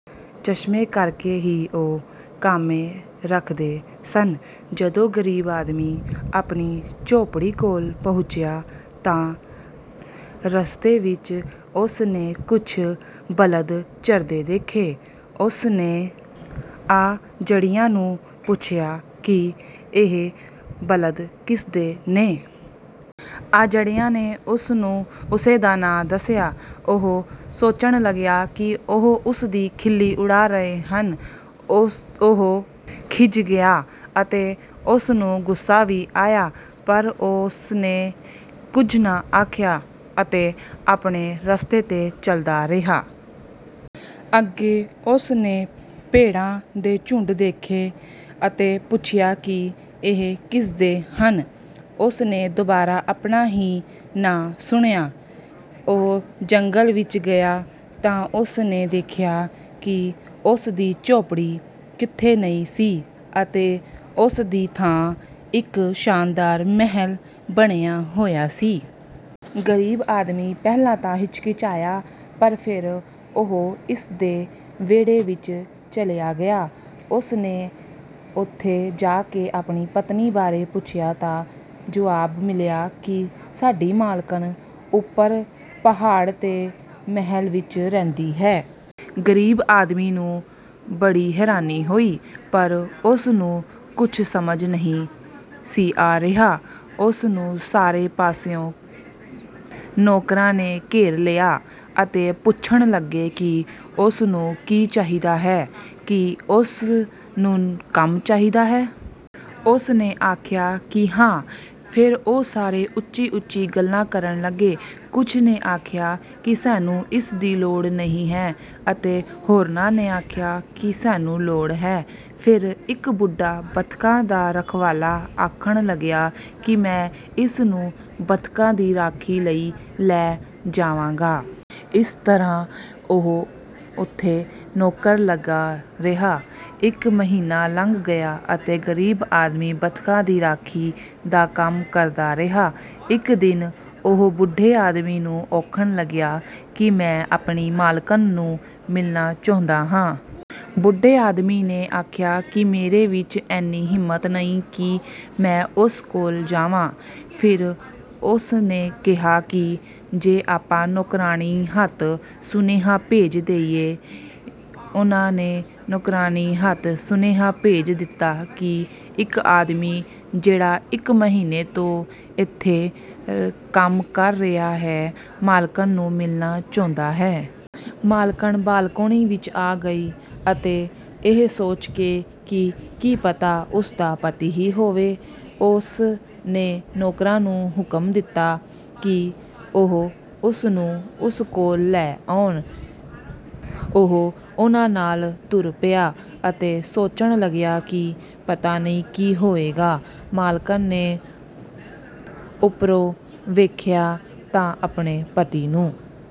ਚਸ਼ਮੇ ਕਰਕੇ ਹੀ ਉਹ ਕਾਮੇ ਰੱਖਦੇ ਸਨ। ਜਦੋਂ ਗ਼ਰੀਬ ਆਦਮੀ ਆਪਣੀ ਝੌਂਪੜੀ ਕੋਲ ਪਹੁੰਚਿਆ ਤਾਂ ਰਸਤੇ ਵਿੱਚ ਉਸ ਨੇ ਕੁਝ ਬਲਦ ਚਰਦੇ ਦੇਖੇ। ਉਸ ਨੇ ਆਜੜੀਆਂ ਨੂੰ ਪੁੱਛਿਆ ਕਿ ਇਹ ਬਲਦ ਕਿਸ ਦੇ ਨੇ। ਆਜੜੀਆਂ ਨੇ ਉਸ ਨੂੰ ਉਸੇ ਦਾ ਨਾਂ ਦੱਸਿਆ। ਓਹ ਸੋਚਣ ਲੱਗਿਆ ਕਿ ਓਹ ਉਸ ਦੀ ਖਿੱਲੀ ਉਡਾ ਰਹੇ ਹਨ। ਓਹ ਖਿਝ ਗਿਆ ਅਤੇ ਉਸ ਨੂੰ ਗੁੱਸਾ ਵੀ ਆਇਆ, ਪਰ ਉਸ ਨੇ ਕੁਝ ਨਾ ਆਖਿਆ ਅਤੇ ਆਪਣੇ ਰਸਤੇ 'ਤੇ ਚੱਲਦਾ ਰਿਹਾ। ਅੱਗੇ ਉਸ ਨੇ ਭੇਡਾਂ ਦੇ ਝੁੰਡ ਦੇਖੇ ਅਤੇ ਪੁੱਛਿਆ ਕਿ ਇਹ ਕਿਸ ਦੇ ਹਨ। ਉਸ ਨੇ ਦੁਬਾਰਾ ਆਪਣਾ ਹੀ ਨਾਂ ਸੁਣਿਆ। ਉਹ ਜੰਗਲ ਵਿੱਚ ਗਿਆ ਤਾਂ ਉਸ ਨੇ ਦੇਖਿਆ ਕਿ ਉਸ ਦੀ ਝੌਂਪੜੀ ਕਿਤੇ ਨਹੀਂ ਸੀ ਅਤੇ ਉਸ ਦੀ ਥਾਂ ਇੱਕ ਸ਼ਾਨਦਾਰ ਮਹਿਲ ਬਣਿਆ ਹੋਇਆ ਸੀ। ਗ਼ਰੀਬ ਆਦਮੀ ਪਹਿਲਾਂ ਤਾਂ ਹਿਚਕਚਾਇਆ ਪਰ ਫਿਰ ਓਹ ਇਸ ਦੇ ਵਿਹੜੇ ਵਿੱਚ ਚਲਿਆ ਗਿਆ। ਉਸ ਨੇ ਉੱਥੇ ਜਾ ਕੇ ਆਪਣੀ ਪਤਨੀ ਬਾਰੇ ਪੁੱਛਿਆ ਤਾਂ ਜੁਆਬ ਮਿਲਿਆ ਕਿ ਸਾਡੀ ਮਾਲਕਣ ਉੱਪਰ ਪਹਾੜ 'ਤੇ ਮਹਿਲ ਵਿੱਚ ਰਹਿੰਦੀ ਹੈ। ਗ਼ਰੀਬ ਆਦਮੀ ਨੂੰ ਬੜੀ ਹੈਰਾਨੀ ਹੋਈ ਪਰ ਉਸ ਨੂੰ ਕੁਝ ਸਮਝ ਨਹੀਂ ਸੀ ਆ ਰਿਹਾ। ਉਸ ਨੂੰ ਸਾਰੇ ਪਾਸਿਓਂ ਨੌਕਰਾਂ ਨੇ ਘੇਰ ਲਿਆ ਅਤੇ ਪੁੱਛਣ ਲੱਗੇ ਕਿ ਉਸ ਨੂੰ ਕੀ ਚਾਹੀਦਾ ਹੈ, ਕੀ ਉਸ ਨੂੰ ਕੰਮ ਚਾਹੀਦਾ ਹੈ। ਉਸ ਨੇ ਆਖਿਆ ਕਿ ਹਾਂ। ਫਿਰ ਉਹ ਸਾਰੇ ਉੱਚੀ-ਉੱਚੀ ਗੱਲਾਂ ਕਰਨ ਲੱਗੇ। ਕੁਝ ਨੇ ਆਖਿਆ ਕਿ ਸਾਨੂੰ ਇਸ ਦੀ ਲੋੜ ਨਹੀਂ ਹੈ ਅਤੇ ਹੋਰਨਾਂ ਨੇ ਆਖਿਆ ਕਿ ਸਾਨੂੰ ਲੋੜ ਹੈ। ਫਿਰ ਇੱਕ ਬੁੱਢਾ ਬੱਤਖਾਂ ਦਾ ਰਖਵਾਲਾ ਆਖਣ ਲੱਗਿਆ ਕਿ ਮੈਂ ਇਸ ਨੂੰ ਬੱਤਖਾਂ ਦੀ ਰਾਖੀ ਲਈ ਲੈ ਜਾਵਾਂਗਾ। ਇਸ ਤਰ੍ਹਾਂ ਓਹ ਉੱਥੇ ਨੌਕਰ ਲੱਗ ਗਿਆ। ਇੱਕ ਮਹੀਨਾ ਲੰਘ ਗਿਆ ਅਤੇ ਗ਼ਰੀਬ ਆਦਮੀ ਬੱਤਖਾਂ ਦੀ ਰਾਖੀ ਦਾ ਕੰਮ ਕਰਦਾ ਰਿਹਾ। ਇੱਕ ਦਿਨ ਓਹ ਬੁੱਢੇ ਆਦਮੀ ਨੂੰ ਔਖਣ ਲੱਗਿਆ ਕਿ ਮੈਂ ਆਪਣੀ ਮਾਲਕਣ ਨੂੰ ਮਿਲਣਾ ਚਾਹੁੰਦਾ ਹਾਂ। ਬੁੱਢੇ ਆਦਮੀ ਨੇ ਆਖਿਆ ਕਿ ਮੇਰੇ ਵਿੱਚ ਐਨੀ ਹਿੰਮਤ ਨਹੀਂ ਕਿ ਮੈਂ ਉਸ ਕੋਲ ਜਾਵਾਂ। ਫਿਰ ਉਸ ਨੇ ਕਿਹਾ ਕਿ ਜੇ ਆਪਾਂ ਨੌਕਰਾਣੀ ਹੱਥ ਸੁਨੇਹਾ ਭੇਜ ਦੇਈਏ। ਉਨ੍ਹਾਂ ਨੇ ਨੌਕਰਾਣੀ ਹੱਥ ਸੁਨੇਹਾ ਭੇਜ ਦਿੱਤਾ ਕਿ ਇੱਕ ਆਦਮੀ, ਜਿਹੜਾ ਇੱਕ ਮਹੀਨੇ ਤੋਂ ਇੱਥੇ ਕੰਮ ਕਰ ਰਿਹਾ ਹੈ, ਮਾਲਕਣ ਨੂੰ ਮਿਲਣਾ ਚਾਹੁੰਦਾ ਹੈ। ਮਾਲਕਣ ਬਾਲਕੋਨੀ ਵਿੱਚ ਆ ਗਈ ਅਤੇ ਇਹ ਸੋਚ ਕੇ ਕਿ ਕੀ ਪਤਾ ਉਸ ਦਾ ਪਤੀ ਹੀ ਹੋਵੇ, ਉਸ ਨੇ ਨੌਕਰਾਂ ਨੂੰ ਹੁਕਮ ਦਿੱਤਾ ਕਿ ਉਹ ਉਸ ਨੂੰ ਉਸ ਕੋਲ ਲੈ ਆਉਣ। ਉਹ ਉਨ੍ਹਾਂ ਨਾਲ ਤੁਰ ਪਿਆ ਅਤੇ ਸੋਚਣ ਲੱਗਿਆ ਕਿ ਪਤਾ ਨਹੀਂ ਕੀ ਹੋਵੇਗਾ। ਮਾਲਕਣ ਨੇ ਉੱਪਰੋਂ ਵੇਖਿਆ ਤੇ ਆਪਣੇ ਪਤੀ ਨੂੰ